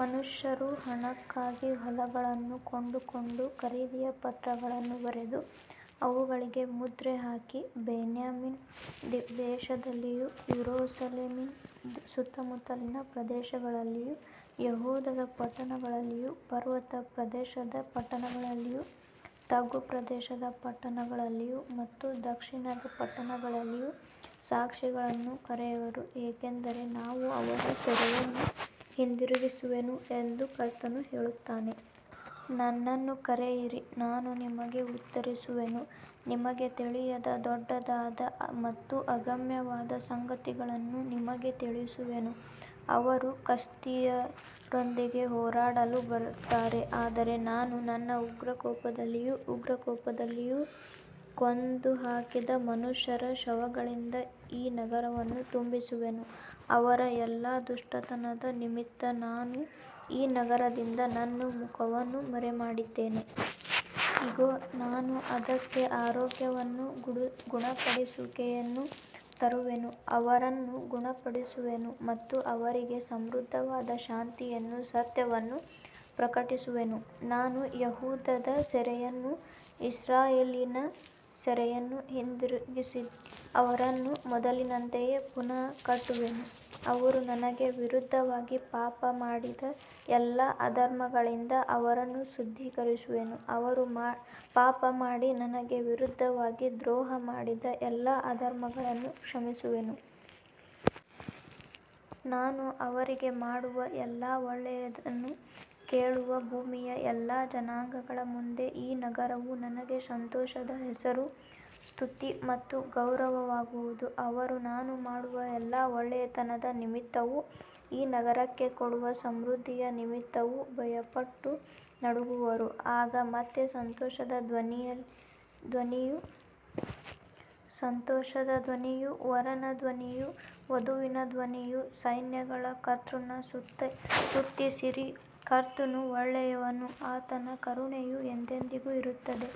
ಮನುಷ್ಯರು ಹಣಕ್ಕಾಗಿ ಹೊಲಗಳನ್ನು ಕೊಂಡುಕೊಂಡು, ಖರೀದಿಯ ಪತ್ರಗಳನ್ನು ಬರೆದು, ಅವುಗಳಿಗೆ ಮುದ್ರೆ ಹಾಕಿ, ಬೆನ್ಯಾಮೀನ್ ದೇಶದಲ್ಲಿಯೂ, ಯೆರೂಸಲೇಮಿನ ಸುತ್ತಮುತ್ತಲಿನ ಪ್ರದೇಶಗಳಲ್ಲಿಯೂ, ಯೆಹೂದದ ಪಟ್ಟಣಗಳಲ್ಲಿಯೂ, ಪರ್ವತ ಪ್ರದೇಶದ ಪಟ್ಟಣಗಳಲ್ಲಿಯೂ, ತಗ್ಗು ಪ್ರದೇಶದ ಪಟ್ಟಣಗಳಲ್ಲಿಯೂ ಮತ್ತು ದಕ್ಷಿಣದ ಪಟ್ಟಣಗಳಲ್ಲಿಯೂ ಸಾಕ್ಷಿಗಳನ್ನು ಕರೆಯುವರು, ಏಕೆಂದರೆ ನಾನು ಅವರ ಸೆರೆಯನ್ನು ಹಿಂದಿರುಗಿಸುವೆನು ಎಂದು ಕರ್ತನು ಹೇಳುತ್ತಾನೆ. ನನ್ನನ್ನು ಕರೆಯಿರಿ, ನಾನು ನಿಮಗೆ ಉತ್ತರಿಸುವೆನು, ನಿಮಗೆ ತಿಳಿಯದ ದೊಡ್ಡದಾದ ಮತ್ತು ಅಗಮ್ಯವಾದ ಸಂಗತಿಗಳನ್ನು ನಿಮಗೆ ತಿಳಿಸುವೆನು. ಅವರು ಕಸ್ದೀಯರೊಂದಿಗೆ ಹೋರಾಡಲು ಬರುತ್ತಾರೆ, ಆದರೆ ನಾನು ನನ್ನ ಕೋಪದಲ್ಲಿಯೂ ಉಗ್ರಕೋಪದಲ್ಲಿಯೂ ಕೊಂದುಹಾಕಿದ ಮನುಷ್ಯರ ಶವಗಳಿಂದ ಈ ನಗರವನ್ನು ತುಂಬಿಸುವೆನು, ಅವರ ಎಲ್ಲಾ ದುಷ್ಟತನದ ನಿಮಿತ್ತ ನಾನು ಈ ನಗರದಿಂದ ನನ್ನ ಮುಖವನ್ನು ಮರೆಮಾಡಿದ್ದೇನೆ. ಇಗೋ, ನಾನು ಅದಕ್ಕೆ ಆರೋಗ್ಯವನ್ನೂ ಗುಣಪಡಿಸುವಿಕೆಯನ್ನೂ ತರುವೆನು, ಅವರನ್ನು ಗುಣಪಡಿಸುವೆನು ಮತ್ತು ಅವರಿಗೆ ಸಮೃದ್ಧವಾದ ಶಾಂತಿಯನ್ನೂ ಸತ್ಯವನ್ನೂ ಪ್ರಕಟಿಸುವೆನು. ನಾನು ಯೆಹೂದದ ಸೆರೆಯನ್ನೂ ಇಸ್ರಾಯೇಲಿನ ಸೆರೆಯನ್ನೂ ಹಿಂದಿರುಗಿಸಿ, ಅವರನ್ನು ಮೊದಲಿನಂತೆಯೇ ಪುನಃ ಕಟ್ಟುವೆನು. ಅವರು ನನಗೆ ವಿರುದ್ಧವಾಗಿ ಪಾಪಮಾಡಿದ ಎಲ್ಲಾ ಅಧರ್ಮಗಳಿಂದ ಅವರನ್ನು ಶುದ್ಧೀಕರಿಸುವೆನು, ಅವರು ಪಾಪಮಾಡಿ ನನಗೆ ವಿರುದ್ಧವಾಗಿ ದ್ರೋಹಮಾಡಿದ ಎಲ್ಲಾ ಅಧರ್ಮಗಳನ್ನು ಕ್ಷಮಿಸುವೆನು. ನಾನು ಅವರಿಗೆ ಮಾಡುವ ಎಲ್ಲಾ ಒಳ್ಳೆಯದನ್ನು ಕೇಳುವ ಭೂಮಿಯ ಎಲ್ಲಾ ಜನಾಂಗಗಳ ಮುಂದೆ ಈ ನಗರವು ನನಗೆ ಸಂತೋಷದ ಹೆಸರು, ಸ್ತುತಿ ಮತ್ತು ಗೌರವವಾಗುವುದು, ಅವರು ನಾನು ಮಾಡುವ ಎಲ್ಲಾ ಒಳ್ಳೆಯತನದ ನಿಮಿತ್ತವೂ ಈ ನಗರಕ್ಕೆ ಕೊಡುವ ಸಮೃದ್ಧಿಯ ನಿಮಿತ್ತವೂ ಭಯಪಟ್ಟು ನಡುಗುವರು. ಆಗ ಮತ್ತೆ ಸಂತೋಷದ ಧ್ವನಿಯೂ ಸಂತೋಷದ ಧ್ವನಿಯೂ, ವರನ ಧ್ವನಿಯೂ ವಧುವಿನ ಧ್ವನಿಯೂ, ಸೈನ್ಯಗಳ ಕರ್ತನನ್ನು ಸ್ತುತಿಸಿರಿ, ಕರ್ತನು ಒಳ್ಳೆಯವನು, ಆತನ ಕರುಣೆಯು ಎಂದೆಂದಿಗೂ ಇರುತ್ತದೆ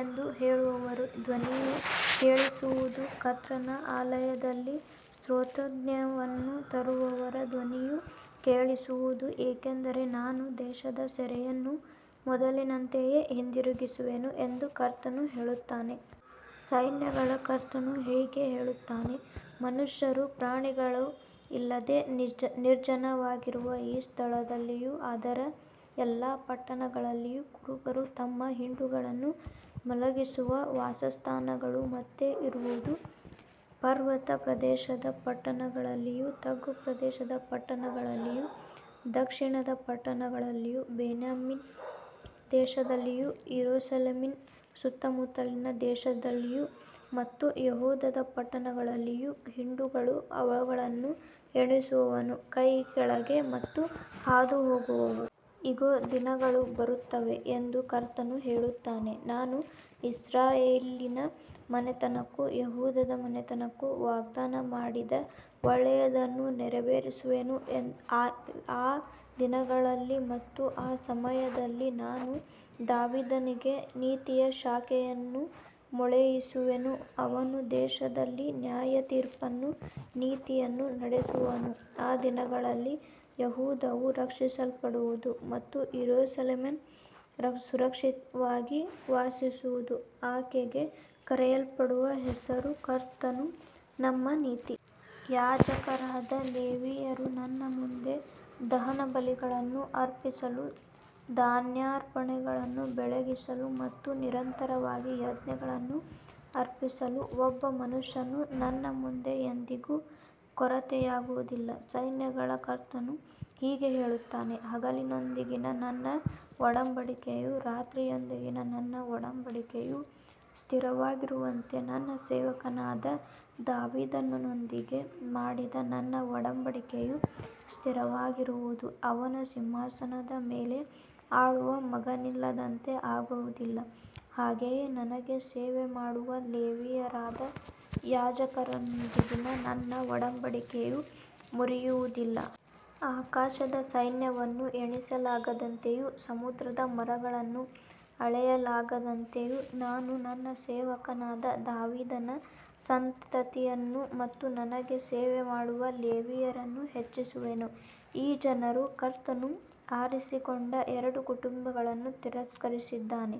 ಎಂದು ಹೇಳುವವರ ಧ್ವನಿಯೂ ಕೇಳಿಸುವುದು, ಕರ್ತನ ಆಲಯದಲ್ಲಿ ಸ್ತೋತ್ರಯಜ್ಞವನ್ನು ತರುವವರ ಧ್ವನಿಯೂ ಕೇಳಿಸುವುದು, ಏಕೆಂದರೆ ನಾನು ದೇಶದ ಸೆರೆಯನ್ನು ಮೊದಲಿನಂತೆಯೇ ಹಿಂದಿರುಗಿಸುವೆನು ಎಂದು ಕರ್ತನು ಹೇಳುತ್ತಾನೆ. ಸೈನ್ಯಗಳ ಕರ್ತನು ಹೀಗೆ ಹೇಳುತ್ತಾನೆ, ಮನುಷ್ಯರೂ ಪ್ರಾಣಿಗಳೂ ಇಲ್ಲದೆ ನಿರ್ಜನವಾಗಿರುವ ಈ ಸ್ಥಳದಲ್ಲಿಯೂ ಅದರ ಎಲ್ಲಾ ಪಟ್ಟಣಗಳಲ್ಲಿಯೂ, ಕುರುಬರು ತಮ್ಮ ಹಿಂಡುಗಳನ್ನು ಮಲಗಿಸುವ ವಾಸಸ್ಥಾನಗಳು ಮತ್ತೆ ಇರುವುದು. ಪರ್ವತ ಪ್ರದೇಶದ ಪಟ್ಟಣಗಳಲ್ಲಿಯೂ, ತಗ್ಗು ಪ್ರದೇಶದ ಪಟ್ಟಣಗಳಲ್ಲಿಯೂ, ದಕ್ಷಿಣದ ಪಟ್ಟಣಗಳಲ್ಲಿಯೂ, ಬೆನ್ಯಾಮೀನ್ ದೇಶದಲ್ಲಿಯೂ, ಯೆರೂಸಲೇಮಿನ ಸುತ್ತಮುತ್ತಲಿನ ಪ್ರದೇಶಗಳಲ್ಲಿಯೂ ಮತ್ತು ಯೆಹೂದದ ಪಟ್ಟಣಗಳಲ್ಲಿಯೂ ಹಿಂಡುಗಳು ಅವುಗಳನ್ನು ಎಣಿಸುವವನ ಕೈಕೆಳಗೆ ಮತ್ತೆ ಹಾದುಹೋಗುವವು. ಇಗೋ, ದಿನಗಳು ಬರುತ್ತವೆ ಎಂದು ಕರ್ತನು ಹೇಳುತ್ತಾನೆ, ನಾನು ಇಸ್ರಾಯೇಲಿನ ಮನೆತನಕ್ಕೂ ಯೆಹೂದದ ಮನೆತನಕ್ಕೂ ವಾಗ್ದಾನ ಮಾಡಿದ ಒಳ್ಳೆಯದನ್ನು ನೆರವೇರಿಸುವೆನು. ಆ ದಿನಗಳಲ್ಲಿ ಮತ್ತು ಆ ಸಮಯದಲ್ಲಿ ನಾನು ದಾವೀದನಿಗೆ ನೀತಿಯ ಶಾಖೆಯನ್ನು ಮೊಳೆಯಿಸುವೆನು, ಅವನು ದೇಶದಲ್ಲಿ ನ್ಯಾಯತೀರ್ಪನ್ನೂ ನೀತಿಯನ್ನೂ ನಡೆಸುವನು. ಆ ದಿನಗಳಲ್ಲಿ ಯೆಹೂದವು ರಕ್ಷಿಸಲ್ಪಡುವುದು ಮತ್ತು ಯೆರೂಸಲೇಮ್ ಸುರಕ್ಷಿತವಾಗಿ ವಾಸಿಸುವುದು, ಆಕೆಗೆ ಕರೆಯಲ್ಪಡುವ ಹೆಸರು, ಕರ್ತನು ನಮ್ಮ ನೀತಿ. ಯಾಜಕರಾದ ಲೇವಿಯರು ನನ್ನ ಮುಂದೆ ದಹನಬಲಿಗಳನ್ನು ಅರ್ಪಿಸಲು, ಧಾನ್ಯಾರ್ಪಣೆಗಳನ್ನು ಬೆಳಗಿಸಲು ಮತ್ತು ನಿರಂತರವಾಗಿ ಯಜ್ಞಗಳನ್ನು ಅರ್ಪಿಸಲು ಒಬ್ಬ ಮನುಷ್ಯನು ನನ್ನ ಮುಂದೆ ಎಂದಿಗೂ ಕೊರತೆಯಾಗುವುದಿಲ್ಲ. ಸೈನ್ಯಗಳ ಕರ್ತನು ಹೀಗೆ ಹೇಳುತ್ತಾನೆ, ಹಗಲಿನೊಂದಿಗಿನ ನನ್ನ ಒಡಂಬಡಿಕೆಯೂ ರಾತ್ರಿಯೊಂದಿಗಿನ ನನ್ನ ಒಡಂಬಡಿಕೆಯೂ ಸ್ಥಿರವಾಗಿರುವಂತೆ, ನನ್ನ ಸೇವಕನಾದ ದಾವೀದನೊಂದಿಗೆ ಮಾಡಿದ ನನ್ನ ಒಡಂಬಡಿಕೆಯೂ ಸ್ಥಿರವಾಗಿರುವುದು, ಅವನ ಸಿಂಹಾಸನದ ಮೇಲೆ ಆಳುವ ಮಗನಿಲ್ಲದಂತೆ ಆಗುವುದಿಲ್ಲ, ಹಾಗೆಯೇ ನನಗೆ ಸೇವೆ ಮಾಡುವ ಲೇವಿಯರಾದ ಯಾಜಕರೊಂದಿಗಿನ ನನ್ನ ಒಡಂಬಡಿಕೆಯೂ ಮುರಿಯುವುದಿಲ್ಲ. ಆಕಾಶದ ಸೈನ್ಯವನ್ನು ಎಣಿಸಲಾಗದಂತೆಯೂ ಸಮುದ್ರದ ಮರಳನ್ನು ಅಳೆಯಲಾಗದಂತೆಯೂ ನಾನು ನನ್ನ ಸೇವಕನಾದ ದಾವೀದನ ಸಂತತಿಯನ್ನು ಮತ್ತು ನನಗೆ ಸೇವೆ ಮಾಡುವ ಲೇವಿಯರನ್ನು ಹೆಚ್ಚಿಸುವೆನು. ಈ ಜನರು, ಕರ್ತನು ಆರಿಸಿಕೊಂಡ ಎರಡು ಕುಟುಂಬಗಳನ್ನು ತಿರಸ್ಕರಿಸಿದ್ದಾನೆ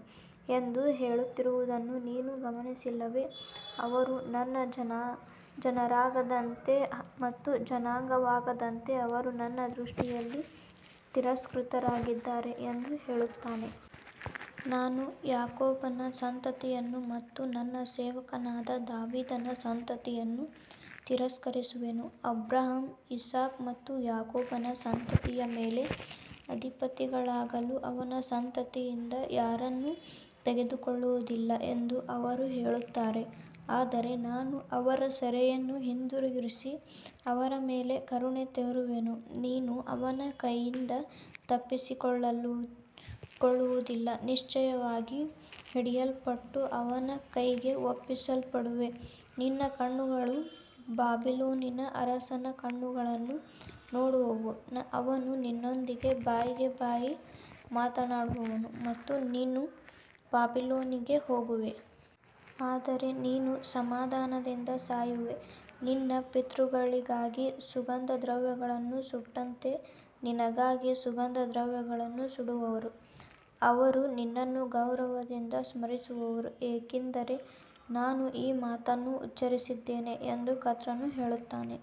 ಎಂದು ಹೇಳುತ್ತಿರುವುದನ್ನು ನೀನು ಗಮನಿಸಿಲ್ಲವೇ, ಅವರು ನನ್ನ ಜನರಾಗದಂತೆ ಮತ್ತು ಜನಾಂಗವಾಗದಂತೆ ಅವರು ನನ್ನ ದೃಷ್ಟಿಯಲ್ಲಿ ತಿರಸ್ಕೃತರಾಗಿದ್ದಾರೆ ಎಂದು ಹೇಳುತ್ತಾರೆ. ನಾನು ಯಾಕೋಬನ ಸಂತತಿಯನ್ನು ಮತ್ತು ನನ್ನ ಸೇವಕನಾದ ದಾವೀದನ ಸಂತತಿಯನ್ನು ತಿರಸ್ಕರಿಸುವೆನು, ಅಬ್ರಹಾಮ, ಇಸಾಕ ಮತ್ತು ಯಾಕೋಬನ ಸಂತತಿಯ ಮೇಲೆ ಅಧಿಪತಿಗಳಾಗಲು ಅವನ ಸಂತತಿಯಿಂದ ಯಾರನ್ನೂ ತೆಗೆದುಕೊಳ್ಳುವುದಿಲ್ಲ ಎಂದು ಅವರು ಹೇಳುತ್ತಾರೆ. ಆದರೆ ನಾನು ಅವರ ಸೆರೆಯನ್ನು ಹಿಂದಿರುಗಿಸಿ, ಅವರ ಮೇಲೆ ಕರುಣೆ ತೋರುವೆನು. ನೀನು ಅವನ ಕೈಯಿಂದ ತಪ್ಪಿಸಿಕೊಳ್ಳುವುದಿಲ್ಲ, ನಿಶ್ಚಯವಾಗಿ ಹಿಡಿಯಲ್ಪಟ್ಟು ಅವನ ಕೈಗೆ ಒಪ್ಪಿಸಲ್ಪಡುವೆ, ನಿನ್ನ ಕಣ್ಣುಗಳು ಬಾಬಿಲೋನಿನ ಅರಸನ ಕಣ್ಣುಗಳನ್ನು ನೋಡುವವು, ಅವನು ನಿನ್ನೊಂದಿಗೆ ಬಾಯಿಗೆ ಬಾಯಿ ಮಾತನಾಡುವನು ಮತ್ತು ನೀನು ಬಾಬಿಲೋನಿಗೆ ಹೋಗುವೆ. ಆದರೆ ನೀನು ಸಮಾಧಾನದಿಂದ ಸಾಯುವೆ, ನಿನ್ನ ಪಿತೃಗಳಿಗಾಗಿ ಸುಗಂಧದ್ರವ್ಯಗಳನ್ನು ಸುಟ್ಟಂತೆ ನಿನಗಾಗಿ ಸುಗಂಧದ್ರವ್ಯಗಳನ್ನು ಸುಡುವರು, ಅವರು ನಿನ್ನನ್ನು ಗೌರವದಿಂದ ಸ್ಮರಿಸುವರು, ಏಕೆಂದರೆ ನಾನು ಈ ಮಾತನ್ನು ಉಚ್ಚರಿಸಿದ್ದೇನೆ ಎಂದು ಕರ್ತನು ಹೇಳುತ್ತಾನೆ.